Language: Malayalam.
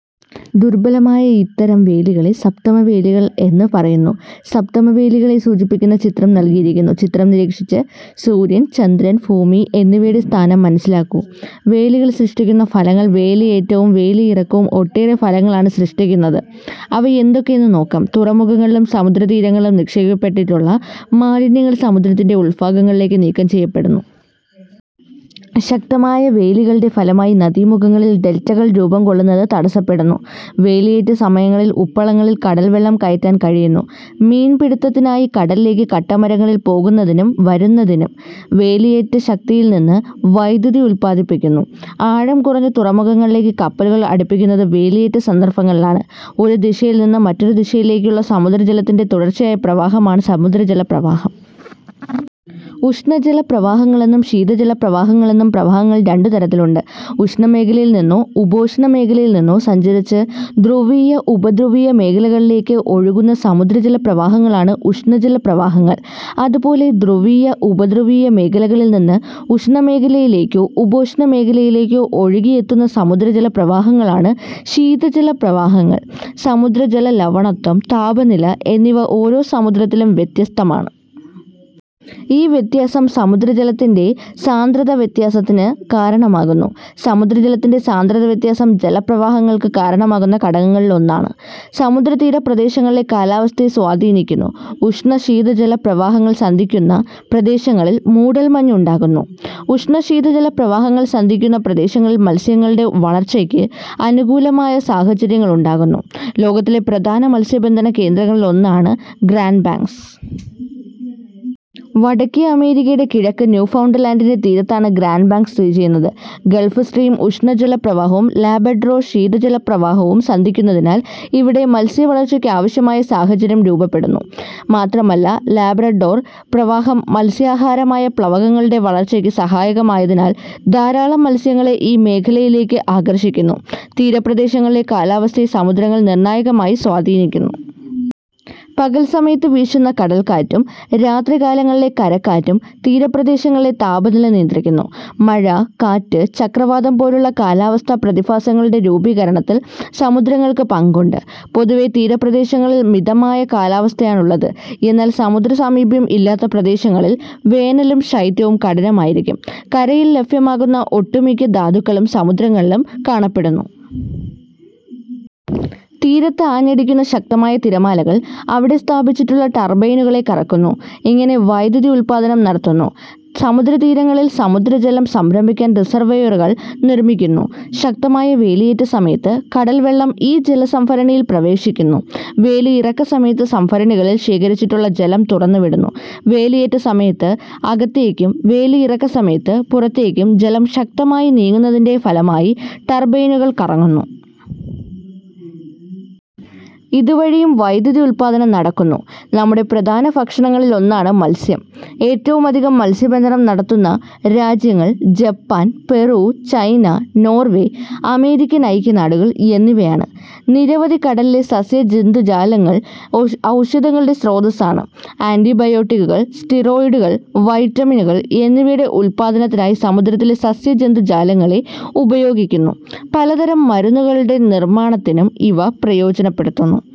ദുർബലമായ ഇത്തരം വേലികളെ സപ്തമിവേലികൾ എന്നു പറയുന്നു. സപ്തമി വേലികളെ സൂചിപ്പിക്കുന്ന ചിത്രം നൽകിയിരിക്കുന്നു. ചിത്രം നിരീക്ഷിച്ച് സൂര്യൻ, ചന്ദ്രൻ, ഭൂമി എന്നിവയുടെ സ്ഥാനം മനസ്സിലാക്കൂ. വേലികൾ സൃഷ്ടിക്കുന്ന ഫലങ്ങൾ. വേലിയേറ്റവും വേലിയിറക്കവും ഒട്ടേറെ ഫലങ്ങളാണ് സൃഷ്ടിക്കുന്നത്. അവ എന്തൊക്കെയെന്ന് നോക്കാം. തുറമുഖങ്ങളിലും സമുദ്രതീരങ്ങളിലും നിക്ഷേപിക്കപ്പെട്ടിട്ടുള്ള മാലിന്യങ്ങൾ സമുദ്രത്തിന്റെ ഉൾഭാഗങ്ങളിലേക്ക് നീക്കം ചെയ്യപ്പെടുന്നു. ശക്തമായ വേലികളുടെ ഫലമായി നദീമുഖങ്ങളിൽ ഡെൽറ്റകൾ രൂപം കൊള്ളുന്നത് തടസ്സപ്പെടുന്നു. വേലിയേറ്റസമയങ്ങളിൽ ഉപ്പളങ്ങളിൽ കടൽവെള്ളം കയറ്റാൻ കഴിയുന്നു. മീൻപിടിത്തത്തിനായി കടലിലേക്ക് കട്ടമരങ്ങളിൽ പോകുന്നതിനും വരുന്നതിനും. വേലിയേറ്റശക്തിയിൽനിന്നു വൈദ്യുതി ഉൽപ്പാദിപ്പിക്കുന്നു. ആഴം കുറഞ്ഞ തുറമുഖങ്ങളിലേക്ക് കപ്പലുകൾ അടുപ്പിക്കുന്നത് വേലിയേറ്റ സന്ദർഭങ്ങളിലാണ്. ഒരു ദിശയിൽനിന്ന് മറ്റൊരു ദിശയിലേക്കുള്ള സമുദ്രജലത്തിന്റെ തുടർച്ചയായ പ്രവാഹമാണ് സമുദ്രജലപ്രവാഹം. ഉഷ്ണജല പ്രവാഹങ്ങൾ എന്നും ശീതജലപ്രവാഹങ്ങൾ എന്നും പ്രവാഹങ്ങൾ രണ്ടുതരത്തിലുണ്ട്. ഉഷ്ണ മേഖലയിൽനിന്നോ ഉപോഷ്ണമേഖലയിൽനിന്നോ സഞ്ചരിച്ച് ധ്രുവീയ-ഉപധ്രുവീയ മേഖലകളിലേക്ക് ഒഴുകുന്ന സമുദ്രജല പ്രവാഹങ്ങളാണ് ഉഷ്ണ ജലപ്രവാഹങ്ങൾ. അതുപോലെ ധ്രുവീയ ഉപധ്രുവീയ മേഖലകളിൽനിന്ന് ഉഷ്ണമേഖലയിലേക്കോ ഉപോഷ്ണമേഖലയിലേക്കോ ഒഴുകിയെത്തുന്ന സമുദ്രജലപ്രവാഹങ്ങളാണ് ശീതജലപ്രവാഹങ്ങൾ. സമുദ്രജല ലവണത്വം, താപനില എന്നിവ ഓരോ സമുദ്രത്തിലും വ്യത്യസ്തമാണ്. ഈ വ്യത്യാസം സമുദ്രജലത്തിന്റെ സാന്ദ്രതാവ്യത്യാസത്തിന് കാരണമാകുന്നു. സമുദ്രജലത്തിന്റെ സാന്ദ്രതാവ്യത്യാസം ജലപ്രവാഹങ്ങൾക്കു കാരണമാകുന്ന ഘടകങ്ങളിലൊന്നാണ്. സമുദ്രതീരപ്രദേശങ്ങളിലെ കാലാവസ്ഥയെ സ്വാധീനിക്കുന്നു. ഉഷ്ണ-ശീതജലപ്രവാഹങ്ങൾ സന്ധിക്കുന്ന പ്രദേശങ്ങളിൽ മൂടൽമഞ്ഞ് ഉണ്ടാകുന്നു. ഉഷ്ണ-ശീതജലപ്രവാഹങ്ങൾ സന്ധിക്കുന്ന പ്രദേശങ്ങളിൽ മത്സ്യങ്ങളുടെ വളർച്ചയ്ക്ക് അനുകൂലമായ സാഹചര്യങ്ങൾ ഉണ്ടാകുന്നു. ലോകത്തിലെ പ്രധാന മത്സ്യബന്ധന കേന്ദ്രങ്ങളിൽ ഒന്നാണ് ഗ്രാന്റ് ബാങ്ക്സ്. വടക്കേ അമേരിക്കയുടെ കിഴക്ക് ന്യൂഫൗണ്ട്ലാന്റിന്റെ തീരത്താണ് ഗ്രാന്റ് ബാങ്ക്സ് സ്ഥിതിചെയ്യുന്നത്. ഗൾഫ്സ്ട്രീം ഉഷ്ണജലപ്രവാഹവും ലാബ്രഡോർ ശീതജലപ്രവാഹവും സന്ധിക്കുന്നതിനാൽ ഇവിടെ മത്സ്യവളർച്ചയ്ക്കാവശ്യമായ സാഹചര്യം രൂപപ്പെടുന്നു. മാത്രമല്ല, ലാബ്രഡോർ പ്രവാഹം മത്സ്യാഹാരമായ പ്ലവകങ്ങളുടെ വളർച്ചയ്ക്ക് സഹായകമായതിനാൽ ധാരാളം മത്സ്യങ്ങളെ ഈ മേഖലയിലേക്ക് ആകർഷിക്കുന്നു. തീരപ്രദേശങ്ങളിലെ കാലാവസ്ഥയെ സമുദ്രങ്ങൾ നിർണായകമായി സ്വാധീനിക്കുന്നു. പകൽസമയത്ത് വീശുന്ന കടൽക്കാറ്റും രാത്രികാലങ്ങളിലെ കരക്കാറ്റും തീരപ്രദേശങ്ങളിലെ താപനില നിയന്ത്രിക്കുന്നു. മഴ, കാറ്റ്, ചക്രവാതം പോലുള്ള കാലാവസ്ഥാ പ്രതിഭാസങ്ങളുടെ രൂപീകരണത്തിൽ സമുദ്രങ്ങൾക്ക് പങ്കുണ്ട്. പൊതുവെ തീരപ്രദേശങ്ങളിൽ മിതമായ കാലാവസ്ഥയാണുള്ളത്. എന്നാൽ സമുദ്രസാമീപ്യം ഇല്ലാത്ത പ്രദേശങ്ങളിൽ വേനലും ശൈത്യവും കഠിനമായിരിക്കും. കരയിൽ ലഭ്യമാകുന്ന ഒട്ടുമിക്ക ധാതുക്കളും സമുദ്രങ്ങളിലും കാണപ്പെടുന്നു. തീരത്ത് ആഞ്ഞടിക്കുന്ന ശക്തമായ തിരമാലകൾ അവിടെ സ്ഥാപിച്ചിട്ടുള്ള ടർബൈനുകളെ കറക്കുന്നു. ഇങ്ങനെ വൈദ്യുതി ഉൽപ്പാദനം നടത്തുന്നു. സമുദ്രതീരങ്ങളിൽ സമുദ്രജലം സംഭരിക്കാൻ റിസർവോയറുകൾ നിർമിക്കുന്നു. ശക്തമായ വേലിയേറ്റസമയത്ത് കടൽവെള്ളം ഈ ജലസംഭരണിയിൽ പ്രവേശിക്കുന്നു. വേലിയിറക്കസമയത്ത് സംഭരണികളിൽ ശേഖരിച്ചിട്ടുള്ള ജലം തുറന്നുവിടുന്നു. വേലിയേറ്റസമയത്ത് അകത്തേക്കും വേലിയിറക്കസമയത്ത് പുറത്തേക്കും ജലം ശക്തമായി നീങ്ങുന്നതിന്റെ ഫലമായി ടർബൈനുകൾ കറങ്ങുന്നു. ഇതുവഴിയും വൈദ്യുതി ഉൽപ്പാദനം നടക്കുന്നു. നമ്മുടെ പ്രധാന ഭക്ഷണങ്ങളിലൊന്നാണ് മത്സ്യം. ഏറ്റവുമധികം മത്സ്യബന്ധനം നടത്തുന്ന രാജ്യങ്ങൾ Japan, Peru, China, Norway, American ഐക്യനാടുകൾ എന്നിവയാണ്. നിരവധി കടലിലെ സസ്യ-ജന്തുജാലങ്ങൾ ഔഷധങ്ങളുടെ സ്രോതസ്സാണ്. ആന്റിബയോട്ടിക്കുകൾ, സ്റ്റിറോയ്ഡുകൾ, വൈറ്റമിനുകൾ എന്നിവയുടെ ഉൽപ്പാദനത്തിനായി സമുദ്രത്തിലെ സസ്യ-ജന്തുജാലങ്ങളെ ഉപയോഗിക്കുന്നു. പലതരം മരുന്നുകളുടെ നിർമാണത്തിനും ഇവ പ്രയോജനപ്പെടുത്തുന്നു.